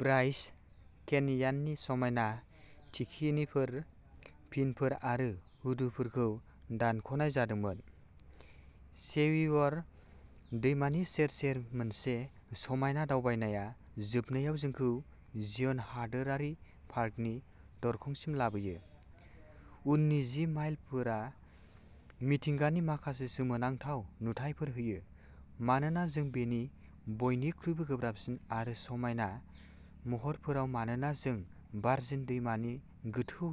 Bryce केनियाननि समायना थिखिनिफोर फिनफोर आरो हुदुफोरखौ दानख'नाय जादोंमोन। सेवियर दैमानि सेर सेर मोनसे समायना दावबायनाया जोबनायाव जोंखौ जिय'न हादोरारि पार्कनि दरखंसिम लाबोयो। उननि जि माइलफोरा मिथिंगानि माखासे सोमोनांथाव नुथायफोर होयो। मानोना जों बेनि बयनिख्रुइबो गोब्राबसिन आरो समायना महरफोराव, मानोना जों भार्जिन दैमानि गोथौ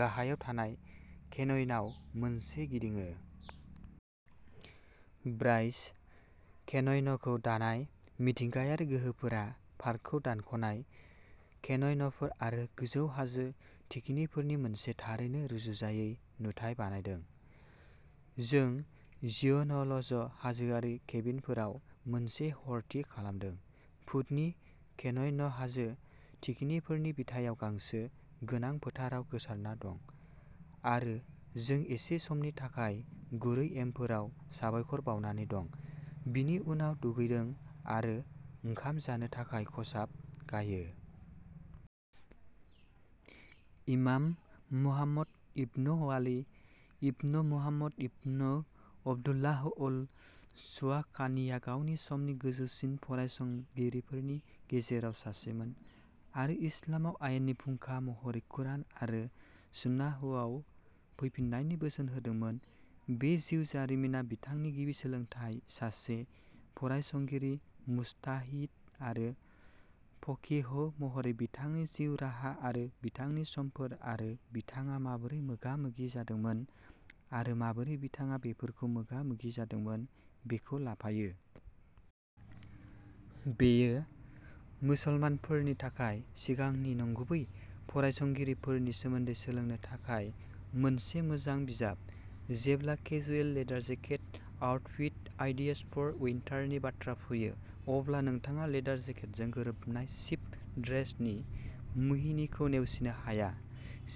गाहायाव थानाय केनियनाव मोनसे गिदिङो। ब्राइस केनय'न'खौ दानाय मिथिंगायारि गोहोफोरा पार्कखौ दानख'नाय केनय'न'फोर आरो गोजौ हाजो थिखिनिफोरनि मोनसे थारैनो रुजुजायै नुथाय बानायदों। जों जिय'न' ल'ज' हाजोआरि केबिनफोराव मोनसे हर थि खालामदों, फुटनि केनय'न' हाजो थिखिनिफोरनि बिथायाव गांसो गोनां फोथाराव गोसारना दं आरो जों एसे समनि थाखाय गुरै एमफोराव साबायखर बावनानै दं। बिनि उनाव दुगैदों आरो ओंखाम जानो थाखाय खसाब गायो। इमाम Muhammad ibn Ali ibn Muhammad ibn Abdullah al शवाकानीआ गावनि समनि गोजौसिन फरायसंगिरिफोरनि गेजेराव सासेमोन आरो इस्लामाव आयेननि फुंखा महरै कुरान आरो सुन्नाहआव फैफिन्नायनि बोसोन होदोंमोन। बे जिउ जारिमिना बिथांनि गिबि सोलोंथाय सासे फरायसंगिरि मुजताहिद आरो फकीह महरै बिथांनि जिउ राहा आरो बिथांनि समफोर आरो बिथाङा माबोरै मोगा मोगि जादोंमोन आरो माबोरै बिथाङा बेफोरखौ मोगा मोगि जादोंमोन बेखौ लाफायो। बेयो मुसलमानफोरनि थाखाय सिगांनि नंगुबै फरायसंगिरिफोरनि सोमोन्दै सोलोंनो थाखाय मोनसे मोजां बिजाब। जेब्ला casual leather jacket outfit ideas for उइन्टारनि बाथ्रा फैयो, अब्ला नोंथाङा लेदार जेकेटजों गोरोबनाय शिफ्ट ड्रेसनि मुहिनिखौ नेवसिनो हाया।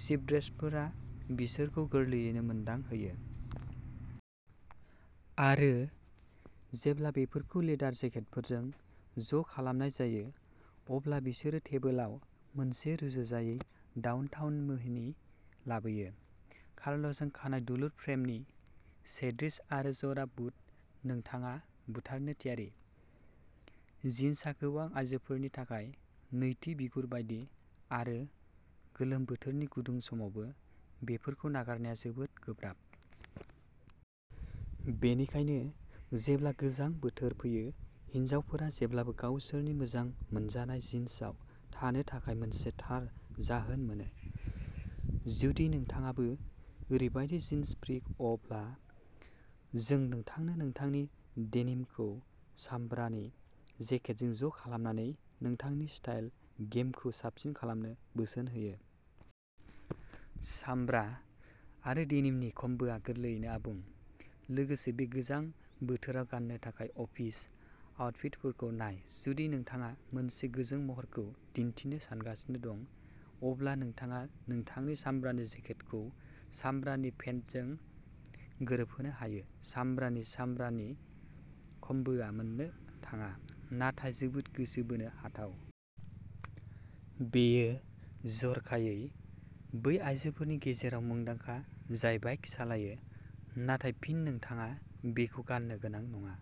शिफ्ट ड्रेसफोरा बिसोरखौ गोरलैयैनो मोनदांहोयो। आरो जेब्ला बेफोरखौ लेदार जेकेटफोरजों ज' खालामनाय जायो, अब्ला बिसोरो टेबोलाव मोनसे रुजुजायै डाउनटाउन मोहिनि लाबोयो। कार्लजों खानाइ दुलुर फ्रेमनि शेडेइस आरो जरा बुट नोंथाङा बुथारनो थियारि। जिन्सआ गोबां आइजोफोरनि थाखाय नैथि बिगुर बायदि आरो गोलोम बोथोरनि गुदुं समावबो बेफोरखौ नागारनाया जोबोद गोब्राब। बेनिखायनो, जेब्ला गोजां बोथोर फैयो हिनजावफोरा जेब्लाबो गावसोरनि मोजां मोनजानाय जिन्सआव थानो थाखाय मोनसे थार जाहोन मोनो। जुदि नोंथाङाबो ओरैबायदि जिन्स फ्रिक, अब्ला जों नोंथांनो नोंथांनि डेनिमखौ सामब्रानि जेकेटजों ज' खालामनानै नोंथांनि स्टाइल गेमखौ साबसिन खालामनो बोसोन होयो। सामब्रा आरो डेनिमनि कम्बोआ गोरलैयैनो आबुं लोगोसे बे गोजां बोथोराव गान्नो थाखाय अफिस आउटफिटफोरखौ नाय जुदि नोंथाङा मोनसे गोजों महरखौ दिन्थिनो सानगासिनो दं, अब्ला नोंथाङा नोंथांनि सामब्रानि जेकेटखौ सामब्रानि पेन्टजों गोरोबहोनो हायो। सामब्रानि सामब्रानि कम्बोआ मोननो थाङा। नाथाय जोबोद गोसो बोनो हाथाव। बेयो जर'खायै बै आयजोफोरनि गेजेराव मुंदांखा जाय बाइक सालायो। नाथाय फिन नोंथाङा बेखौ गाननो गोनां नङा।